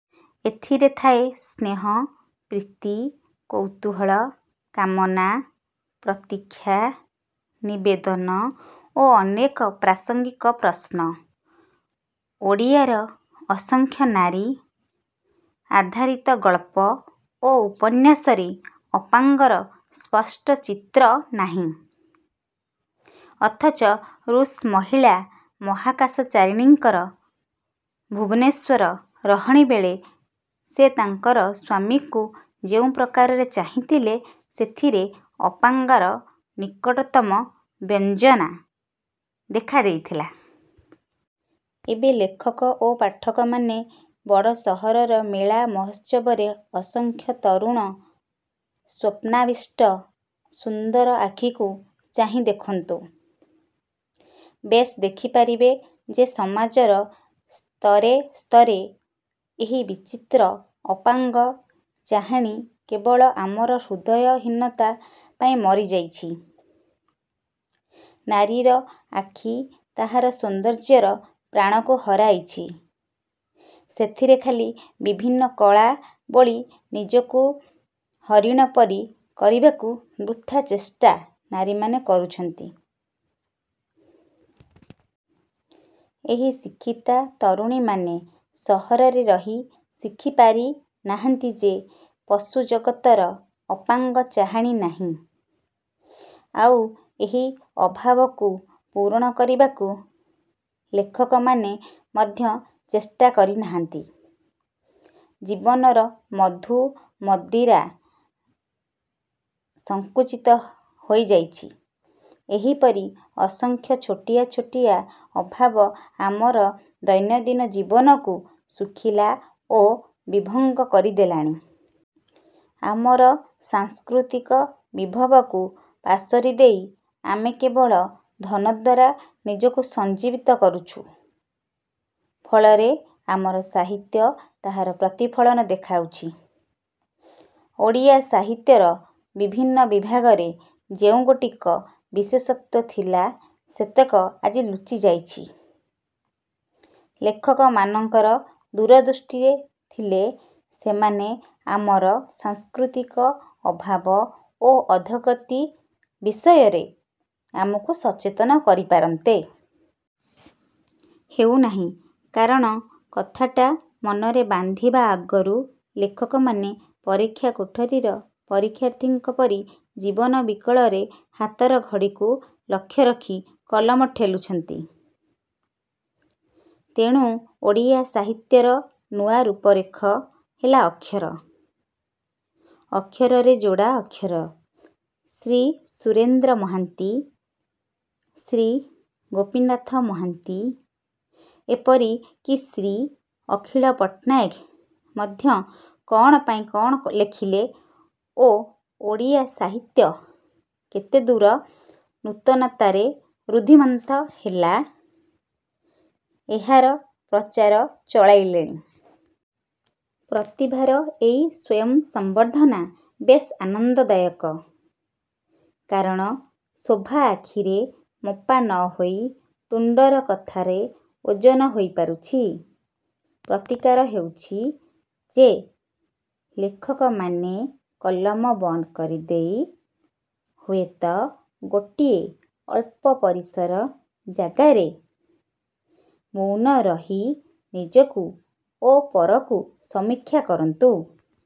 ଏଥିରେ ଥାଏ ସ୍ନେହ, ପ୍ରୀତି, କୌତୂହଳ, କାମନା, ପ୍ରତୀକ୍ଷା, ନିବେଦନ ଓ ଅନେକ ପ୍ରାସଙ୍ଗିକ ପ୍ରଶ୍ନ। ଓଡ଼ିଆର ଅସଂଖ୍ୟ ନାରୀ-ଆଧାରିତ ଗଳ୍ପ ଓ ଉପନ୍ୟାସରେ ଅପାଙ୍ଗର ସ୍ପଷ୍ଟ ଚିତ୍ର ନାହିଁ-। ଅଥଚ ରୁଷ ମହିଳା ମହାକାଶଚାରିଣୀଙ୍କର ଭୁବନେଶ୍ୱର ରହଣୀବେଳେ ସେ ତାଙ୍କର ସ୍ୱାମୀଙ୍କୁ ଯେଉଁ ପ୍ରକାରରେ ଚାହିଁଥିଲେ ସେଥିରେ ଅପାଙ୍ଗର ନିକଟତମ ବ୍ୟଞ୍ଜନା ଦେଖା ଦେଇଥିଲା-। ଏବେ ଲେଖକ ଓ ପାଠକମାନେ ବଡ଼ ସହରର ମେଳା ମହୋତ୍ସବରେ ଅସଂଖ୍ୟ ତରୁଣ, ସ୍ୱପ୍ନାବିଷ୍ଟ, ସୁନ୍ଦର ଆଖିକୁ ଚାହିଁ ଦେଖନ୍ତୁ। ବେଶ୍ ଦେଖି ପାରିବେ ଯେ ସମାଜର ସ୍ତରେସ୍ତରେ ଏହି ବିଚିତ୍ର ଅପାଙ୍ଗ ଚାହାଣୀ କେବଳ ଆମର ହୃଦୟହୀନତା ପାଇଁ ମରି ଯାଇଛି। ନାରୀର ଆଖି ତାହାର ସୌନ୍ଦର୍ଯ୍ୟର ପ୍ରାଣକୁ ହରାଇଛି ସେଥିରେ ଖାଲି ବିଭିନ୍ନ କଳା ବୋଳି ନିଜକୁ ହରିଣ ପରି କରିବାକୁ ବୃଥା ଚେଷ୍ଟା ନାରୀମାନେ କରୁଛନ୍ତି। ଏହି ଶିକ୍ଷିତା ତରୁଣୀମାନେ ସହରରେ ରହି ଶିଖିପାରି ନାହାନ୍ତି ଯେ ପଶୁଜଗତରେ ଅପାଙ୍ଗ ଚାହାଣୀ ନାହିଁ, ଆଉ ଏହି ଅଭାବକୁ ପୂରଣ କରିବାକୁ ଲେଖକମାନେ ମଧ୍ୟ ଚେଷ୍ଟା କରି ନାହାନ୍ତି। ଜୀବନର ମଧୁମଦିରା ସଂକୁଚିତ ହୋଇ ଯାଇଛି। ଏହିପରି ଅସଂଖ୍ୟ ଛୋଟିଆ ଛୋଟିଆ ଅଭାବ ଆମର ଦୈନନ୍ଦିନ ଜୀବନକୁ ଶୁଖିଲା ଓ ବିଭଙ୍ଗ କରିଦେଲଣି। ଆମର ସାଂସ୍କୃତିକ ବିଭବକୁ ପାଶୋରି ଦେଇ ଆମେ କେବଳ ଧନଦ୍ୱାରା ନିଜକୁ ସଞ୍ଜୀବିତ କରୁଛୁ। ଫଳରେ ଆମର ସାହିତ୍ୟ ତାହାର ପ୍ରତିଫଳନ ଦେଖାଉଛି। ଓଡ଼ିଆ ସାହିତ୍ୟର ବିଭିନ୍ନ ବିଭାଗରେ ଯେଉଁ ଗୋଟିକ ବିଶେଷତ୍ୱ ଥିଲା ସେତକ ଆଜି ଲୁଚିଯାଉଛି। ଲେଖକମାନଙ୍କର ଦୂରଦୃଷ୍ଟି ଥିଲେ ସେମାନେ ଆମର ସାଂସ୍କୃତିକ ଅଭାବ ଓ ଅଧୋଗତି ବିଷୟରେ ଆମକୁ ସଚେତନ କରିପାରନ୍ତେ। ହେଉ ନାହିଁ। କାରଣ କଥାଟା ମନରେ ବାନ୍ଧିବା ଆଗରୁ ଲେଖକମାନେ ପରୀକ୍ଷା କୋଠରୀର ପରୀକ୍ଷାର୍ଥୀଙ୍କ ପରି ଜୀବନ ବିକଳରେ ହାତର ଘଡ଼ିକୁ ଲକ୍ଷ୍ୟ ରଖି କଲମ ଠେଲୁଛନ୍ତି। ତେଣୁ ଓଡ଼ିଆ ସାହିତ୍ୟର ନୂଆ ରୂପରେଖ ହେଲା ଅକ୍ଷର। ଅକ୍ଷରରେ ଯୋଡ଼ା ଅକ୍ଷର। ଶ୍ରୀ ସୁରେନ୍ଦ୍ର ମହାନ୍ତି, ଶ୍ରୀ ଗୋପୀନାଥ ମହାନ୍ତି ଏପରି କି ଶ୍ରୀ ଅଖିଳ ପଟ୍ଟନାୟକ ମଧ୍ୟ କ'ଣ ପାଇଁ କ'ଣ ଲେଖିଲେ ଓ ଓଡ଼ିଆ ସାହିତ୍ୟ କେତେଦୂର ନୂତନତାରେ ରୁଦ୍ଧିମନ୍ତ ହେଲା-ଏହାର ପ୍ରଚାର ଚଳାଇଲେଣି। ପ୍ରତିଭାର ଏହି ସ୍ୱୟଂସମ୍ୱର୍ଦ୍ଧନା ବେଶ୍ ଆନନ୍ଦଦାୟକ। କାରଣ ଶୋଭା ଆଖିରେ ମପା ନ ହୋଇ ତୁଣ୍ତର କଥାରେ ଓଜନ ହେଇପାରୁଛି। ପ୍ରତିକାର ହେଉଛି। ଯେ ଲେଖକମାନେ କଲମ ବନ୍ଦ କରିଦେଇ ହୁଏତ ଗୋଟିଏ ଅଳ୍ପ ପରିସର ଜାଗାରେ ମୌନ ରହି ନିଜକୁ ଓ ପରକୁ ସମୀକ୍ଷା କରନ୍ତୁ।